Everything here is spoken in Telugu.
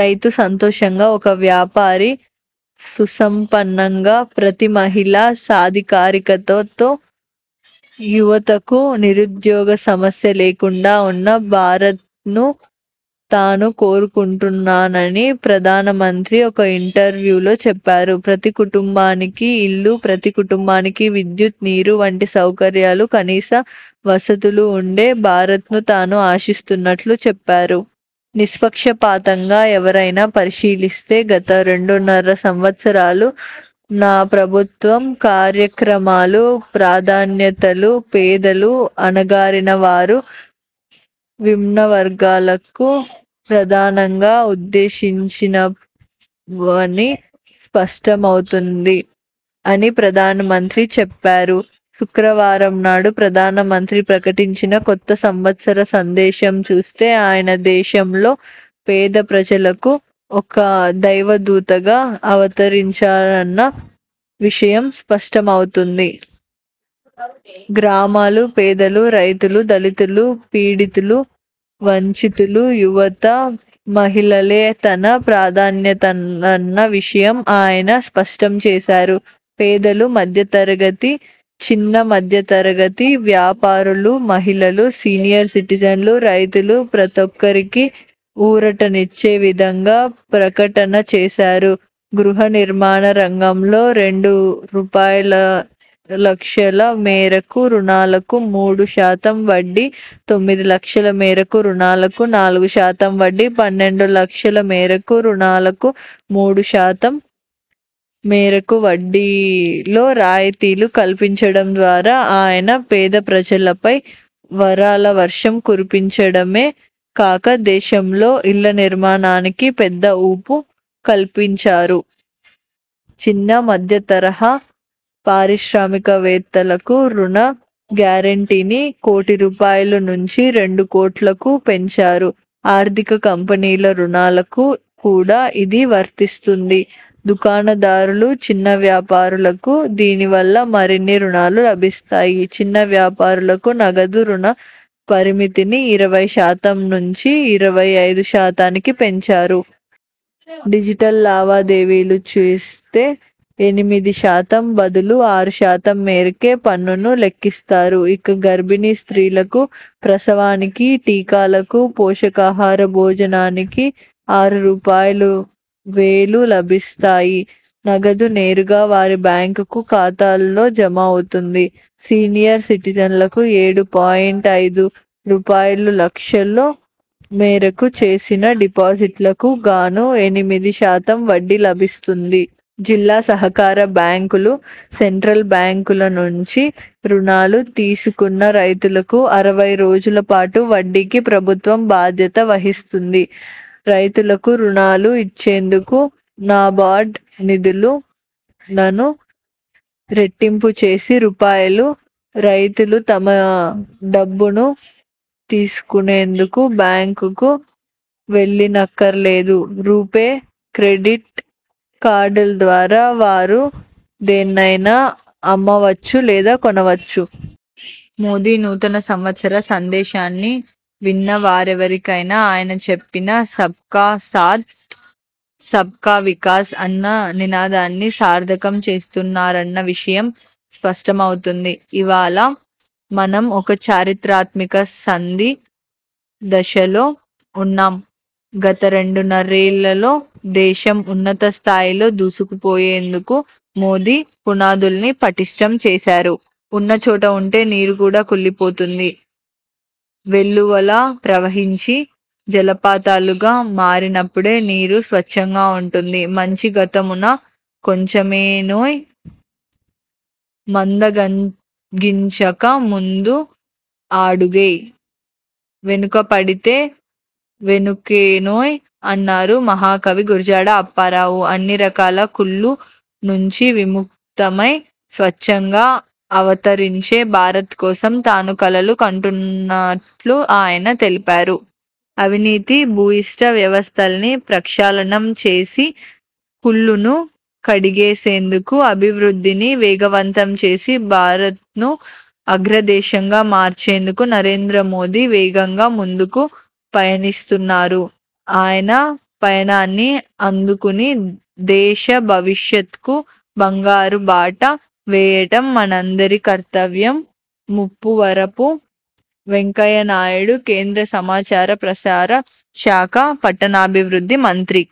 రైతు సంతోషంగా, ఒక వ్యాపారి సుసంపన్నంగా, ప్రతి మహిళా సాధికారికతతో, యువతకు నిరుద్యోగ సమస్య లేకుండా ఉన్న భారత్ను తాను కోరుకుంటున్నానని ప్రధానమంత్రి ఒక ఇంటర్వ్యూలో చెప్పారు. ప్రతి కుటుంబానికీ ఇల్లు, ప్రతి కుటుంబానికి విద్యుత్, నీరు వంటి సౌకర్యాలు, కనీస వసతులు ఉండే భారత్ను తాను ఆశిస్తున్నట్లు చెప్పారు. 'నిష్పక్ష పాతంగా ఎవరైనా పరిశీలిస్తే గత రెండున్నర సంవత్సరాల నా ప్రభుత్వం కార్యక్రమాలూ, ప్రాధాన్యతలూ పేదలు, అణగారిన వారు, నిమ్నవర్గాలను ప్రధానంగా ఉద్దేశించినవని స్పష్టమవుతుంది' అని ప్రధానమంత్రి చెప్పారు. శనివారం నాడు ప్రధానమంత్రి ప్రకటించిన కొత్త సంవత్సర సందేశం చూస్తే ఆయన దేశంలో పేద ప్రజలకు ఒక దైవదూతగా అవతరించారన్న విషయం స్పష్టమవుతుంది. గ్రామాలు, పేదలు, రైతులు, దళితులు, పీడితులు, వంచితులు, యువత, మహిళలే తన ప్రాధాన్యతలన్న విషయం ఆయన స్పష్టంచేశారు. పేదలు, మధ్యతరగతి, చిన్న, మధ్యతరగతి వ్యాపారులు, మహిళలు, సీనియర్ సిటిజన్లు, రైతులు ప్రతిఒక్కరికీ ఊరటనిచ్చే విధంగా ప్రకటన చేశారు. గృహ నిర్మాణ రంగంలో రెండు రూపాయలులక్షల మేరకు రుణాలకు మూడు శాతం వడ్డీ, తొమ్మిది లక్షల మేరకు రుణాలకు నాలుగు శాతం వడ్డీ, పన్నెండు లక్షల మేరకు రుణాలకు మూడు శాతం మేరకు వడ్డీలో రాయితీలు కల్పించడం ద్వారా ఆయన పేద ప్రజలపై వరాల వర్షం కురిపించడమే కాక దేశంలో ఇళ్ల నిర్మాణానికి పెద్ద ఊపు కల్పించారు. చిన్న మధ్యత రహా పారిశ్రామికవేత్తలకు రుణ గ్యారంటీని కోటి రూపాయలు నుంచి రెండు కోట్లకు పెంచారు. ఆర్థిక కంపెనీల రుణాలకు కూడా ఇది వర్తిస్తుంది. దుకాణదారులు, చిన్న వ్యాపారులకు దీనివల్ల మరిన్ని రుణాలు లభిస్తాయి. చిన్న వ్యాపారులకు నగదు రుణ పరిమితిని ఇరవై శాతం నుంచి, ఇరవై ఐదు శాతానికి పెంచారు. డిజిటల్ లావాదేవీలు చేస్తే ఎనిమిది శాతం బదులు ఆరు శాతం మేరకే పన్నును లెక్కిస్తారు. ఇక గర్భిణీ స్త్రీలకు ప్రసవానికి, టీకాలకు, పోషకాహార భోజనానికి ఆరు రూపాయలువేలు లభిస్తాయి. నగదు నేరుగా వారి బ్యాంకు ఖాతాల్లో జమ అవుతుంది. సీనియర్ సిటిజన్లకు ఏడు పాయింట్ ఐదు రూపాయలు లక్షల మేరకు చేసిన డిపాజిట్లకు గాను ఎనిమిది శాతం వడ్డీ లభిస్తుంది. జిల్లా సహకార బ్యాంకులు, సెంట్రల్ బ్యాంకుల నుంచి రుణాలు తీసుకున్న రైతులకు అరవై రోజుల పాటు వడ్డీకి ప్రభుత్వం బాధ్యత వహిస్తుంది. రైతులకు రుణాలు ఇచ్చేందుకు నాబార్డ్ నిధులను రెట్టింపు చేసి రూపాయలు, రైతులు తమ డబ్బును తీసుకునేందుకు బ్యాంకుకు వెళ్లనక్కర్లేదు. రూపే క్రెడిట్ కార్డుల ద్వారా వారు దేన్నైనా అమ్మవచ్చు లేదా కొనవచ్చు. మోదీ నూతన సంవత్సర సందేశాన్ని విన్న వారెవరికైనా ఆయన చెప్పిన సబ్ కా సాథ్, సబ్ కా వికాస్ అన్న నినాదాన్ని సార్థకం చేస్తున్నారన్న విషయం స్పష్టమవుతుంది. ఇవాళ మనం ఒక చారిత్రాత్మక సంధి దశలో ఉన్నాం. గత రెండున్నరేళ్లలో దేశం, ఉన్నత స్థాయిలో దూసుకుపోయేందుకు మోదీ పునాదుల్ని పటిష్ఠం చేశారు. ఉన్న చోట ఉంటే నీరు కూడా కుళ్లిపోతుంది. వెల్లువలా ప్రవహించి, జలపాతాలుగా మారినప్పుడే నీరు స్వచ్ఛంగా ఉంటుంది. 'మంచి గతమున కొంచెమేనోయ్, మందగించక ముందు అడుగేయ్, వెనుకపడితే వెనుకేనోయ్' అన్నారు మహాకవి గురజాడ అప్పారావు. అన్ని రకాల కుళ్లు నుంచి విముక్తమై స్వచ్ఛంగా అవతరించే భారత్ కోసం తాను కలలు కంటున్నట్లు ఆయన తెలిపారు. అవినీతి భూయిష్ట వ్యవస్థల్ని ప్రక్షాళనం చేసి కుళ్లును కడిగేసేందుకు, అభివృద్ధిని వేగవంతం చేసి భారత్ను అగ్రదేశంగా మార్చేందుకు నరేంద్ర మోదీ వేగంగా ముందుకు పయనిస్తున్నారు. ఆయన పయనాన్ని అందుకుని దేశ భవిష్యత్కు బంగారు బాట వేయడం మనందరి కర్తవ్యం, ముప్పవరపు వెంకయ్యనాయుడు కేంద్ర సమాచార ప్రసార శాఖ, పట్టణాభివృద్ధి మంత్రి.